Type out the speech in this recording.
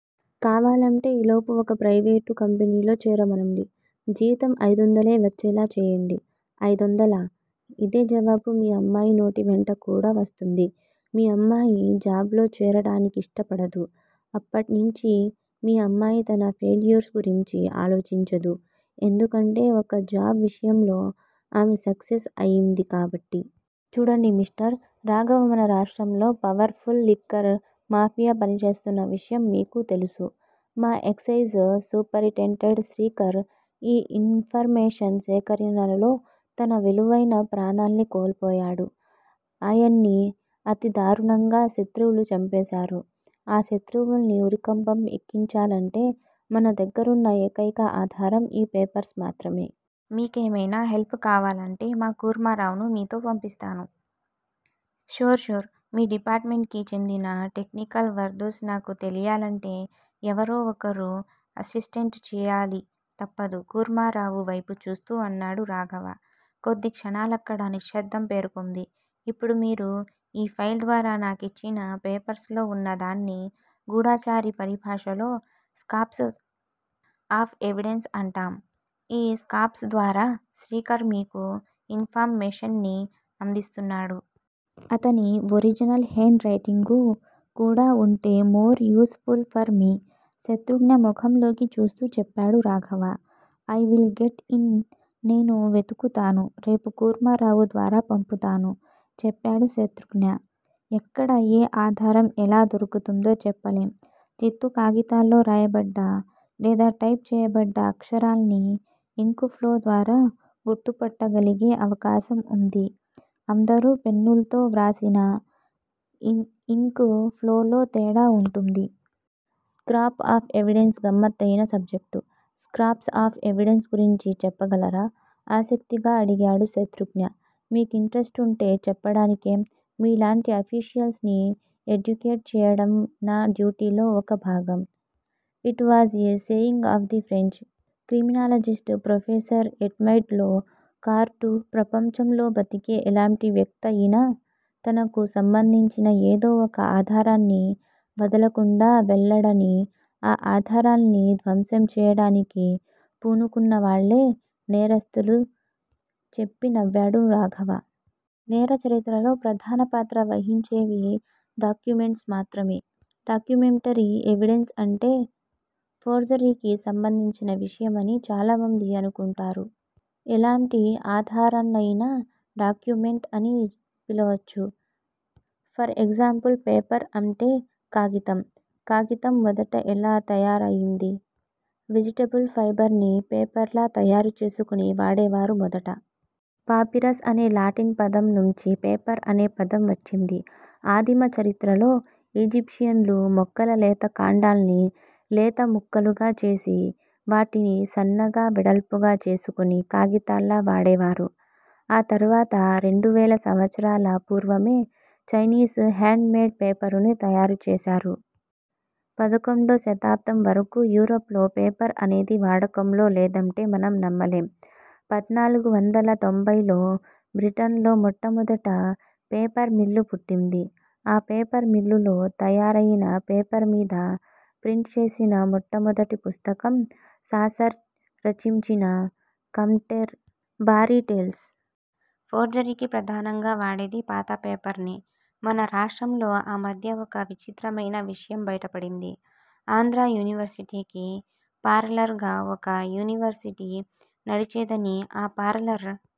కావాలంటే ఈలోపు ఒక ప్రైవేట్ కంపెనీలో చేరమనండి- జీతం ఐదొందలే వచ్చేలా చేయండి. ఐదొందలా? ఇదే జవాబు మీ అమ్మాయి నోటివెంట కూడా వస్తుంది. మీ అమ్మాయి జాబ్ లో చేరడానికిష్ట పడదు. అప్పట్నించి మీ అమ్మాయి తన ఫెయిల్యూర్స్ గురించి ఆలోచించదు. ఎందుకంటే ఒక జాబ్ విషయంలో ఆమె సక్సెస్ అయింది కాబట్టి. చూడండి మిస్టర్ రాఘవ మన రాష్ట్రంలో పవర్ ఫుల్ లిక్కర్ మాఫియా పనిచేస్తున్న విషయం మీకు తెలుసు మా ఎక్సయిజ్ సూపరింటెండెంట్ శ్రీకర్ ఈ ఇన్ ఫర్మేషన్ సేకరణలోనే తన విలువైన ప్రాణాల్ని కోల్పోయాడు. ఆయన్ని అతి దారుణంగా శత్రువులు చంపేసారు. ఆ శత్రువుల్ని ఉరికంబం ఎక్కించాలంటే మన దగ్గరున్న ఏకైక ఆధారం ఈ పేపర్స్ మాత్రమే. మీకేమైనా హెల్ప్ కావాలంటే మా కూర్మారావ్ ను మీతో పంపిస్తాను. ష్యూర్ ష్యూర్ మీ డిపార్టుమెంట్ కి చెందిన టెక్నికల్ వర్ద్సు నాకు తెలియాలంటే ఎవరో ఒకరు అసిస్టెంట్ చెయ్యాలి తప్పదు కూర్మారావు వైపు చూస్తూ అన్నాడు రాఘవ. కొద్ది క్షణాలక్కడ నిశ్శబ్దం పేరుకుంది. ఇప్పుడు మీరు ఈ ఫైల్ ద్వారా నాకిచ్చిన పేపర్స్ లో ఉన్న దాన్ని గూఢచారి పరిభాషలో స్కాప్స్ ఆఫ్ ఎవిడెన్స్ అంటాం- ఈ స్కాప్స్ ద్వారా శ్రీకర్ మీకు ఇన్ ఫర్ మేషన్ ని అందిస్తున్నాడు. అతని ఒరిజినల్ హేండ్ రైటింగు కూడా ఉంటే, more useful for me Shatrughna మొఖంలోకి చూస్తూ చెప్పాడు Raghava. I will get it నేను వెతుకుతాను. రేపు కూర్మారావు ద్వారా పంపుతాను చెప్పాడు శతృఘ్న. ఎక్కడ ఏ ఆధారం ఎలా దొరుకుతుందో చెప్పలేం చిత్తు కాగితాల్లో రాయబడ్డ, లేదా టైప్ చేయబడ్డ అక్షరాల్ని ఇంకు ఫ్లో ద్వారా గుర్తుపట్టగలిగే అవకాశం ఉంది అందరూ పెన్నుల్తో వ్రాసినా ఇంక్ ఫ్లోలో తేడా ఉంటుంది. స్క్రాప్ ఆఫ్ ఎవిడెన్స్ గమ్మత్తయిన సబ్జెక్టు స్క్రాప్స్ ఆఫ్ ఎవిడెన్స్ గురించి చెప్పగలరా? ఆసక్తిగా అడిగాడు శతృఘ్న. మీకింట్రెస్టు ఉంటే చెప్పడానికేం మీలాంటి అఫీషియల్స్ ని ఎడ్యుకేట్ చెయ్యడం నా డ్యూటీలో ఒక భాగం it was a saying of the French criminologist professor Edmond Locard ప్రపంచంలో బతికే ఎలాంటి వ్యక్తయినా తనకు సంబంధించిన ఏదో ఒక ఆధారాన్ని వదలకుండా వెళ్ళడని ఆ ఆధారాల్ని ధ్వంసం చెయ్యడానికి, పూనుకున్నవాళ్ళే నేరస్తులు చెప్పి నవ్వాడు రాఘవ. నేర చరిత్రలో ప్రధానపాత్ర వహించేవి డాక్యుమెంట్స్ మాత్రమే. డాక్యుమెంటరీ ఎవిడెన్స్ అంటే ఫోర్జరీకి సంబంధించిన విషయమని, చాలామంది అనుకుంటారు. ఎలాంటి ఆధారాన్నయినా డాక్యుమెంట్ అని పిలవొచ్చు. ఫర్ ఎగ్జాంపుల్ పేపర్ అంటే కాగితం- కాగితం మొదట ఎలా తయారయింది? వెజిటబుల్ ఫైబర్ ని పేపర్ లా తయారు చేసుకుని వాడేవారు మొదట. పాపిరస్ అనే లాటిన్ పదం నుంచి పేపర్ అనే పదం వచ్చింది. ఆదిమ చరిత్రలో ఈజిప్షియన్ లు మొక్కల లేత కాండాల్ని లేత ముక్కలుగా చేసి, వాటిని సన్నగా, వెడల్పుగా చేసుకుని కాగితాల్లా వాడేవారు. ఆ తర్వాత రెండువేల సంవత్సరాల పూర్వమే చైనీస్ హేండ్ మేడ్ పేపరుని తయారుచేసారు. పదకొండో శతాబ్దం వరకూ యూరప్ లో పేపర్ అనేది వాడకంలో లేదంటే మనం నమ్మలేం- పద్నాలుగు వందల తొంబై లో బ్రిటన్లో మొట్టమొదట పేపర్ మిల్లు పుట్టింది. ఆ పేపర్ మిల్లులో తయారయిన పేపర్ మీద ప్రింట్ చేసిన మొట్టమొదటి పుస్తకం సాసర్ రచించిన కాంటెర్ బారీ టేల్స్. ఫోర్జరీకి ప్రధానంగా వాడేది పాత పేపర్ నే మన రాష్ట్రంలో ఆ మధ్య ఒక విచిత్రమయిన విషయం బయటపడింది. ఆంధ్రా యూనివర్శిటీకి పారలర్ గా ఒక యూనివర్శిటీ నడిచేదని ఆ పారలర్